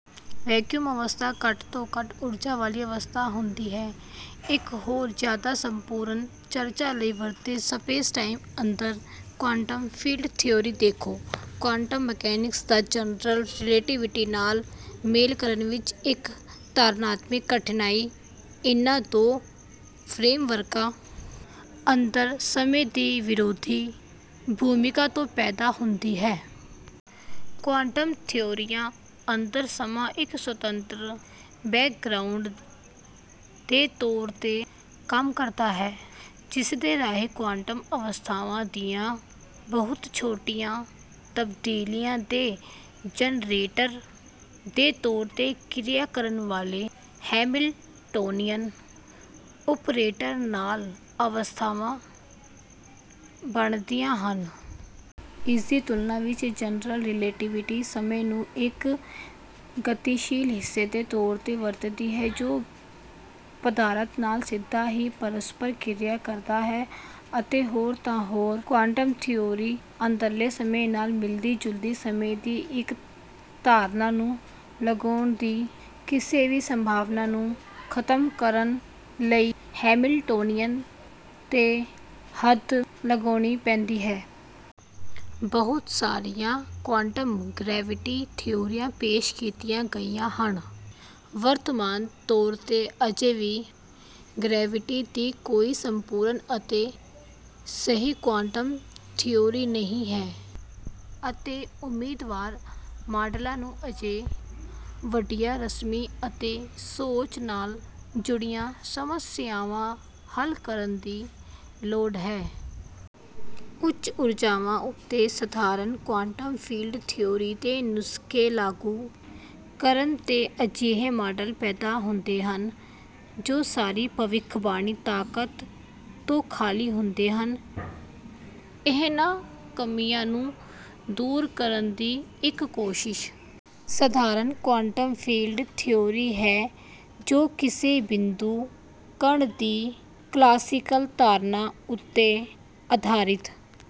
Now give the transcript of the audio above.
Vacuum ਅਵਸਥਾ ਘੱਟ ਤੋਂ ਘੱਟ ਊਰਜਾ ਵਾਲੀ ਅਵਸਥਾ ਹੁੰਦੀ ਹੈ। ਇੱਕ ਹੋਰ ਜਿਆਦਾ ਸੰਪੂਰਨ ਚਰਚਾ ਲਈ ਵਕਰਿਤ ਸਪੇਸਟਾਈਮ ਅੰਦਰ ਕੁਆਂਟਮ ਫੀਲਡ ਥਿਊਰੀ ਦੇਖੋ। ਕੁਆਂਟਮ ਮਕੈਨਿਕਸ ਦਾ ਜਨਰਲ ਰਿਲੇਟੀਵਿਟੀ ਨਾਲ ਮੇਲ ਕਰਨ ਵਿੱਚ ਇੱਕ ਧਾਰਨਾਤਮਿਕ ਕਠਿਨਾਈ ਇਹਨਾਂ ਦੋ ਫ੍ਰੇਮਵਰਕਾਂ ਅੰਦਰ ਸਮੇਂ ਦੀ ਵਿਰੋਧੀ ਭੂਮਿਕਾ ਤੋਂ ਪੈਦਾ ਹੁੰਦੀ ਹੈ। ਕੁਆਂਟਮ ਥਿਊਰੀਆਂ ਅੰਦਰ ਸਮਾਂ ਇੱਕ ਸੁਤੰਤਰ ਬੈਕਗ੍ਰਾਊਂਡ ਦੇ ਤੌਰ ਤੇ ਕੰਮ ਕਰਦਾ ਹੈ ਜਿਸਦੇ ਰਾਹੀਂ ਕੁਆਂਟਮ ਅਵਸਥਾਵਾਂ ਦੀਆਂ ਬਹੁਤ ਛੋਟੀਆਂ ਤਬਦੀਲੀਆਂ ਦੇ ਜਨਰੇਟਰ ਦੇ ਤੌਰ ਤੇ ਕ੍ਰਿਆ ਕਰਨ ਵਾਲੇ ਹੈਮਿਲਟੋਨੀਅਨ ਓਪਰੇਟਰ ਨਾਲ ਅਵਸਥਾਵਾਂ ਬਣਦੀਆਂ ਹਨ। ਇਸਦੀ ਤੁਲਨਾ ਵਿੱਚ ਜਨਰਲ ਰਿਲੇਟੀਵਿਟੀ ਸਮੇਂ ਨੂੰ ਇੱਕ ਗਤੀਸ਼ੀਲ ਹਿੱਸੇ ਦੇ ਤੌਰ ਤੇ ਵਰਤਦੀ ਹੈ ਜੋ ਪਦਾਰਥ ਨਾਲ ਸਿੱਧਾ ਹੀ ਪਰਸਪਰ ਕ੍ਰਿਆ ਕਰਦਾ ਹੈ ਅਤੇ ਹੋਰ ਤਾਂ ਹੋਰ ਕੁਆਂਟਮ ਥਿਊਰੀ ਅੰਦਰਲੇ ਸਮੇਂ ਨਾਲ ਮਿਲਦੀ ਜੁਲਦੀ ਸਮੇਂ ਦੀ ਇੱਕ ਧਾਰਨਾ ਨੂੰ ਲਗਾਉਣ ਦੀ ਕਿਸੇ ਵੀ ਸੰਭਾਵਨਾ ਨੂੰ ਖਤਮ ਕਰਨ ਲਈ ਹੈਮਿਲਟੋਨੀਅਨ ਤੇ ਹੱਦ ਲਗਾਉਣੀ ਪੈਂਦੀ ਹੈ। ਬਹੁਤ ਸਾਰੀਆਂ ਕੁਆਂਟਮ ਗਰੈਵਿਟੀ ਥਿਊਰੀਆਂ ਪੇਸ਼ ਕੀਤੀਆਂ ਗਈਆਂ ਹਨ। ਵਰਤਮਾਨ ਤੌਰ ਤੇ ਅਜੇ ਵੀ ਗਰੈਵਿਟੀ ਦੀ ਕੋਈ ਸੰਪੂਰਨ ਅਤੇ ਸਹੀ ਕੁਆਂਟਮ ਥਿਊਰੀ ਨਹੀਂ ਹੈ ਅਤੇ ਉਮੀਦਵਾਰ ਮਾਡਲਾਂ ਨੂੰ ਅਜੇ ਵੱਡੀਆਂ ਰਸਮੀ ਅਤੇ ਸੋਚ ਨਾਲ ਜੁੜੀਆਂ ਸਮੱਸਿਆਵਾਂ ਹੱਲ ਕਰਨ ਦੀ ਲੋੜ ਹੈ। ਉੱਚ ਊਰਜਾਵਾਂ ਉੱਤੇ ਸਧਾਰਨ ਕੁਆਂਟਮ ਫੀਲਡ ਥਿਊਰੀ ਦੇ ਨੁਸਖੇ ਲਾਗੂ ਕਰਨ ਤੇ ਅਜਿਹੇ ਮਾਡਲ ਪੈਦਾ ਹੁੰਦੇ ਹਨ ਜੋ ਸਾਰੀ ਭਵਿੱਖਬਾਣੀ ਤਾਕਤ ਤੋਂ ਖਾਲੀ ਹੁੰਦੇ ਹਨ। ਇਹਨਾਂ ਕਮੀਆਂ ਨੂੰ ਦੂਰ ਕਰਨ ਦੀ ਇੱਕ ਕੋਸ਼ਿਸ਼ ਸਧਾਰਨ ਕੁਆਂਟਮ ਫੀਲਡ ਥਿਊਰੀ ਹੈ ਜੋ ਕਿਸੇ ਬਿੰਦੂ ਕਣ ਦੀ ਕਲਾਸੀਕਲ ਧਾਰਨਾ ਉੱਤੇ ਅਧਾਰਿਤ